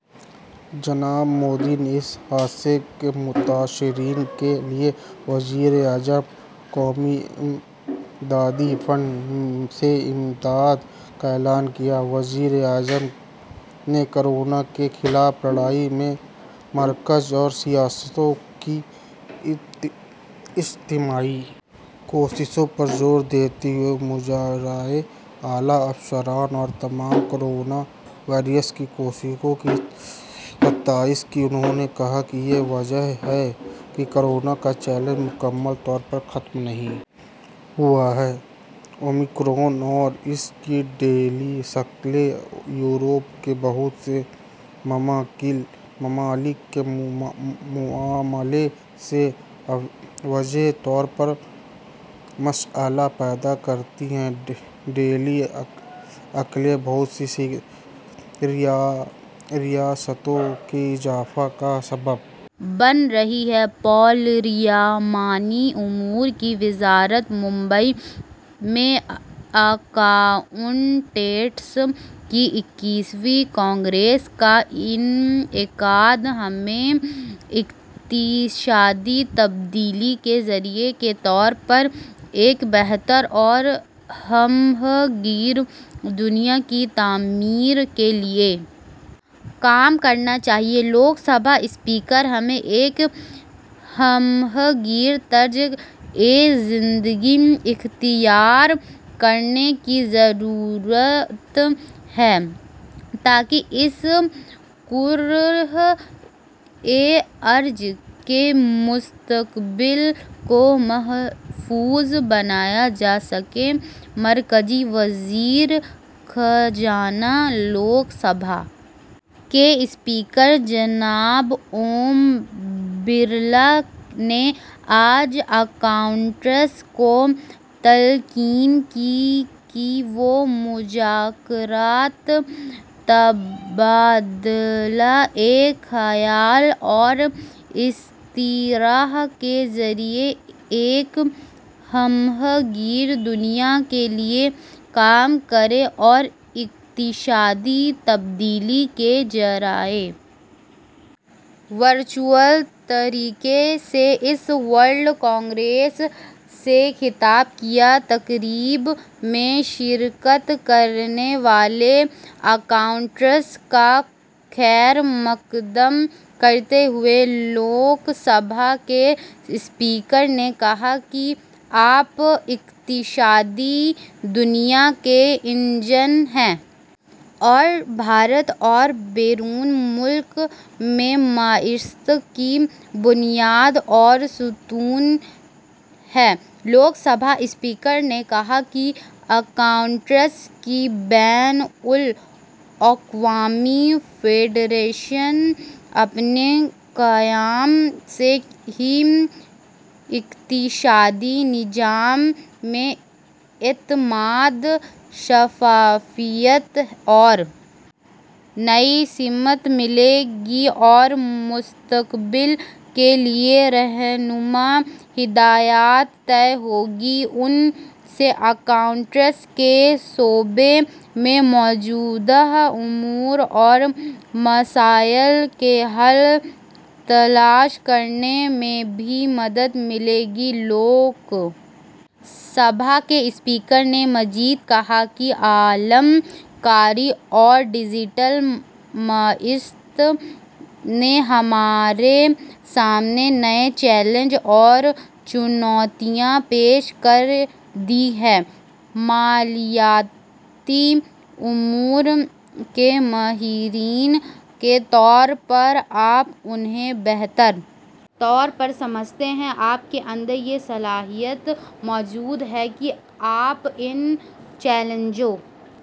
جناب مودی نے اس حادثے کے متاثرین کے لیے وزیر اعظم قومی امدادی فنڈ سے امداد کا اعلان کیا ہے وزیر اعظم نے کورونا کے خلاف لڑائی میں مرکز اور ریاستوں کی اجتماعی کوششوں پر زور دیتے ہوئے وزرائے اعلیٰ افسران اور تمام کورونا واریئرز کی کوششوں کی ستائش کی انہوں نے کہا کہ یہ واضح ہے کہ کورونا کا چیلنج مکمل طور پر ختم نہیں ہوا ہے اومیکرون اور اس کی ذیلی شکلیں یورپ کے بہت سے ممالک کے معاملے سے واضح طور پر مسئلہ پیدا کر سکتی ہیں ذیلی شکلیں بہت سی ریاستوں میں اضافے کا سبب بن رہی ہیں پارلیمانی امور کی وزارت ممبئی میں اکاؤنٹنٹس کی اکیسویں کانگریس کا انعقاد ہمیں اقتصادی تبدیلی کے ذریعہ کے طور پر ایک بہتر اور ہمہ گیر دنیا کی تعمیر کے لیے کام کرنا چاہیے لوک سبھا اسپیکر ہمیں ایک ہمہ گیر طرز زندگی اختیار کرنے کی ضرورت ہے تاکہ اس کرۂ ارض کے مستقبل کو محفوظ بنایا جا سکے مرکزی وزیر خزانہ لوک سبھا کے اسپیکر جناب اوم برلا نے آج اکاؤنٹس کو تلقین کی کہ وہ مذاکرات تبادلہ خیال اور اشتراک کے ذریعہ ایک ہمہ گیر دنیا کے لیے کام کریں اور اقتصادی تبدیلی کے ذرائع ورچوئل طریقے سے اس ورلڈ کانگریس سے خطاب کیا تقریب میں شرکت کرنے والے اکاؤنٹس کا خیر مقدم کرتے ہوئے لوک سبھا کے اسپیکر نے کہا کہ آپ اقتصادی دنیا کے انجن ہیں اور بھارت اور بیرون ملک میں معیشت کی بنیاد اور ستون ہیں لوک سبھا اسپیکر نے کہا کہ اکاؤنٹس کی بین الاقوامی فیڈریشن اپنے قیام سے ہی اقتصادی نظام میں اعتماد شفافیت اور نئی سمت ملے گی اور مستقبل کے لیے رہنما ہدایات طے ہوں گی ان سے اکاؤنٹس کے شعبے میں موجودہ امور اور مسائل کے حل تلاش کرنے میں بھی مدد ملے گی لوک سبھا کے اسپیکر نے مزید کہا کہ عالم کاری اور ڈیجیٹل معیشت نے ہمارے سامنے نئے چیلنج اور چنوتیاں پیش کر دی ہیں مالیاتی امور کے ماہرین کے طور پر آپ انہیں بہتر طور پر سمجھتے ہیں آپ کے اندر یہ صلاحیت موجود ہے کہ آپ ان چیلنجوں